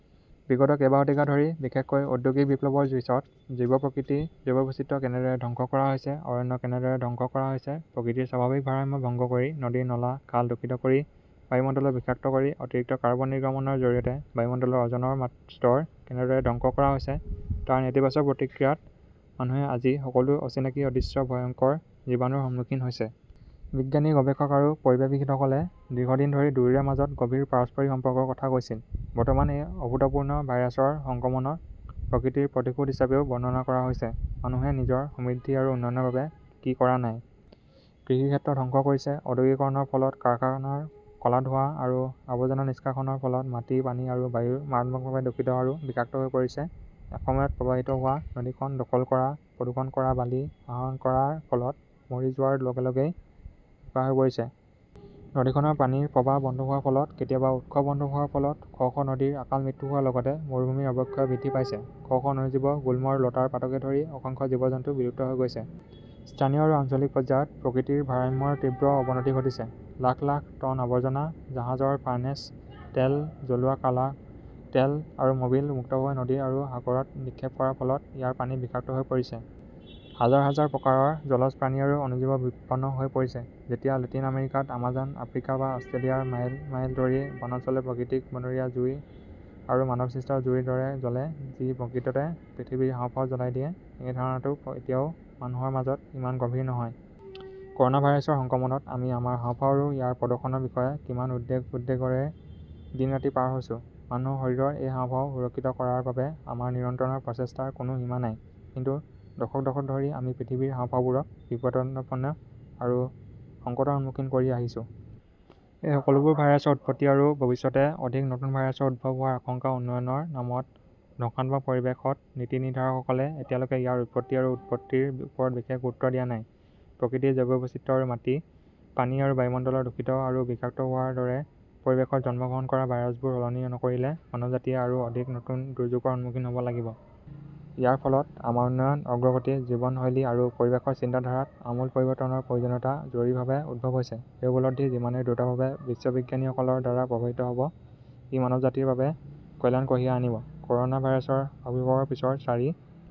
বিগত কেইবা শতিকা ধৰি, বিশেষকৈ ঔদ্যোগিক বিপ্লৱৰ পিছত জীৱ-প্ৰকৃতি, জৈৱ বৈচিত্ৰ্য কেনেদৰে ধ্বংস কৰা হৈছে, অৰণ্য কেনেদৰে ধ্বংস কৰা হৈছে, প্ৰকৃতিৰ স্বাভাৱিক ভাৰসাম্য ভংগ কৰি নদীৰ নলা, খাল দূষিত কৰি বায়ুমণ্ডলক বিষাক্ত কৰি অতিৰিক্ত কাৰ্বন নিৰ্গমনৰ জৰিয়তে বায়ুমণ্ডলৰ অ’জনৰ স্তৰ কেনেদৰে ধ্বংস কৰা হৈছে তাৰ নেতিবাচক প্ৰতিক্ৰিয়াত মানুহে আজি সকলো অচিনাকি অদৃশ্য ভয়ংকৰ জীৱাণুৰ সন্মুখীন হৈছে। বিজ্ঞানী, গৱেষক আৰু পৰিৱেশবিদসকলে দীৰ্ঘদিন ধৰি দুয়োৰে মাজত গভীৰ পাৰস্পৰিক সম্পৰ্কৰ কথা কৈছিল। বৰ্তমান এই অভূতপূৰ্ব ভাইৰাছৰ সংক্ৰমণক প্ৰকৃতিৰ প্ৰতিশোধ হিচাপেও বৰ্ণনা কৰা হৈছে। মানুহে নিজৰ সমৃদ্ধি আৰু উন্নয়নৰ বাবে কি কৰা নাই! কৃষিক্ষেত্ৰ ধ্বংস কৰিছে, ঔদ্যোগিকৰণৰ ফলত কাৰখানাৰ ক'লা ধোঁৱা আৰু আৱৰ্জনা নিষ্কাশনৰ ফলত মাটি, পানী আৰু বায়ু মাৰাত্মকভাৱে দূষিত আৰু বিষাক্ত হৈ পৰিছে। এসময়ত প্ৰৱাহিত হোৱা নদীখন দখল কৰা-প্ৰদূষণ কৰা-বালি আহৰণ কৰাৰ ফলত মৰি যোৱাৰ লগে লগে ই বোকা হৈ পৰিছে। নদীখনৰ পানীৰ প্ৰবাহ বন্ধ হোৱাৰ ফলত, কেতিয়াবা উৎস বন্ধ হোৱাৰ ফলত শ শ নদীৰ অকাল মৃত্যু হোৱাৰ লগতে মৰুভূমিৰ অৱক্ষয় বৃদ্ধি পাইছে। শ শ অণুজীৱ, গুল্ম আৰু লতাৰ পাতকে ধৰি অসংখ্য জীৱ-জন্তু বিলুপ্ত হৈ গৈছে। স্থানীয় আৰু আঞ্চলিক পৰ্যায়ত প্ৰকৃতিৰ ভাৰসাম্যৰ তীব্ৰ অৱনতি ঘটিছে। লাখ লাখ টন আৱৰ্জনা, জাহাজৰ ফাৰ্নেচ তেল, জ্বলোৱা ক'লা তেল আৰু মবিল মুক্তভাৱে নদী আৰু সাগৰত নিক্ষেপ কৰাৰ ফলত ইয়াৰ পানী বিষাক্ত হৈ পৰিছে। হাজাৰ হাজাৰ প্ৰকাৰৰ জলজ প্ৰাণী আৰু অণুজীৱ বিপন্ন হৈ পৰিছে। যেতিয়া লেটিন আমেৰিকাৰ আমাজন, আফ্ৰিকা বা অষ্ট্ৰেলিয়াৰ মাইল মাইল ধৰি বনাঞ্চলে প্ৰাকৃতিক বনৰীয়া জুই আৰু মানৱসৃষ্ট জুইৰ দ্বাৰা জ্বলে, যি প্ৰকৃততে পৃথিৱীৰ হাঁওফাঁও জ্বলাই দিয়ে-এই ধাৰণাটো এতিয়াও মানুহৰ মাজত ইমান গভীৰ নহয়। ক’ৰ’না ভাইৰাছৰ সংক্ৰমণত আমি আমাৰ হাঁওফাঁও আৰু ইয়াৰ প্ৰদৰ্শনৰ বিষয়ে কিমান উদ্বেগ-উদ্বেগৰে দিন-ৰাতি পাৰ হৈছো! মানুহৰ শৰীৰৰ এই হাঁওফাঁও সুৰক্ষিত কৰাৰ বাবে আমাৰ নিৰন্তৰ প্ৰচেষ্টাৰ কোনো সীমা নাই। কিন্তু দশক দশক ধৰি আমি পৃথিৱীৰ হাঁওফাঁওবোৰক বিপদাপন্ন আৰু সংকটৰ সন্মুখীন কৰি আহিছো। এই সকলোবোৰ ভাইৰাছৰ উৎপত্তি আৰু ভৱিষ্যতে অধিক নতুন ভাইৰাছৰ উদ্ভৱ হোৱাৰ আশংকা-উন্নয়নৰ নামত ধ্বংসাত্মক পৰিৱেশত-নীতি নিৰ্ধাৰকসকলে এতিয়ালৈকে ইয়াৰ উৎপত্তি আৰু উৎপত্তিৰ ওপৰত বিশেষ গুৰুত্ব দিয়া নাই। প্ৰকৃতি, জৈৱ বৈচিত্ৰ্য আৰু মাটি, পানী আৰু বায়ুমণ্ডল দূষিত আৰু বিষাক্ত হোৱাৰ দৰে পৰিৱেশত জন্মগ্ৰহণ কৰা ভাইৰাছবোৰ সলনি নকৰিলে মানৱজাতিয়ে আৰু অধিক নতুন দুৰ্যোগৰ সন্মুখীন হ 'ব লাগিব। ইয়াৰ ফলত আমাৰ উন্নয়ন, অগ্ৰগতি, জীৱনশৈলী আৰু পৰিৱেশৰ চিন্তাধাৰাত আমূল পৰিৱৰ্তনৰ প্ৰয়োজনীয়তা জৰুৰীভাৱে উদ্ভৱ হৈছে। এই উপলব্ধি যিমানেই দ্ৰুতভাৱে বিশ্ববিজ্ঞানীসকলৰ দ্বাৰা প্ৰভাৱিত হ’ব, ই মানৱজাতিৰ বাবে কল্যাণ কঢ়িয়াই আনিব। ক’ৰ 'না ভাইৰাছৰ আবিৰ্ভাৱৰ পিছৰ চাৰি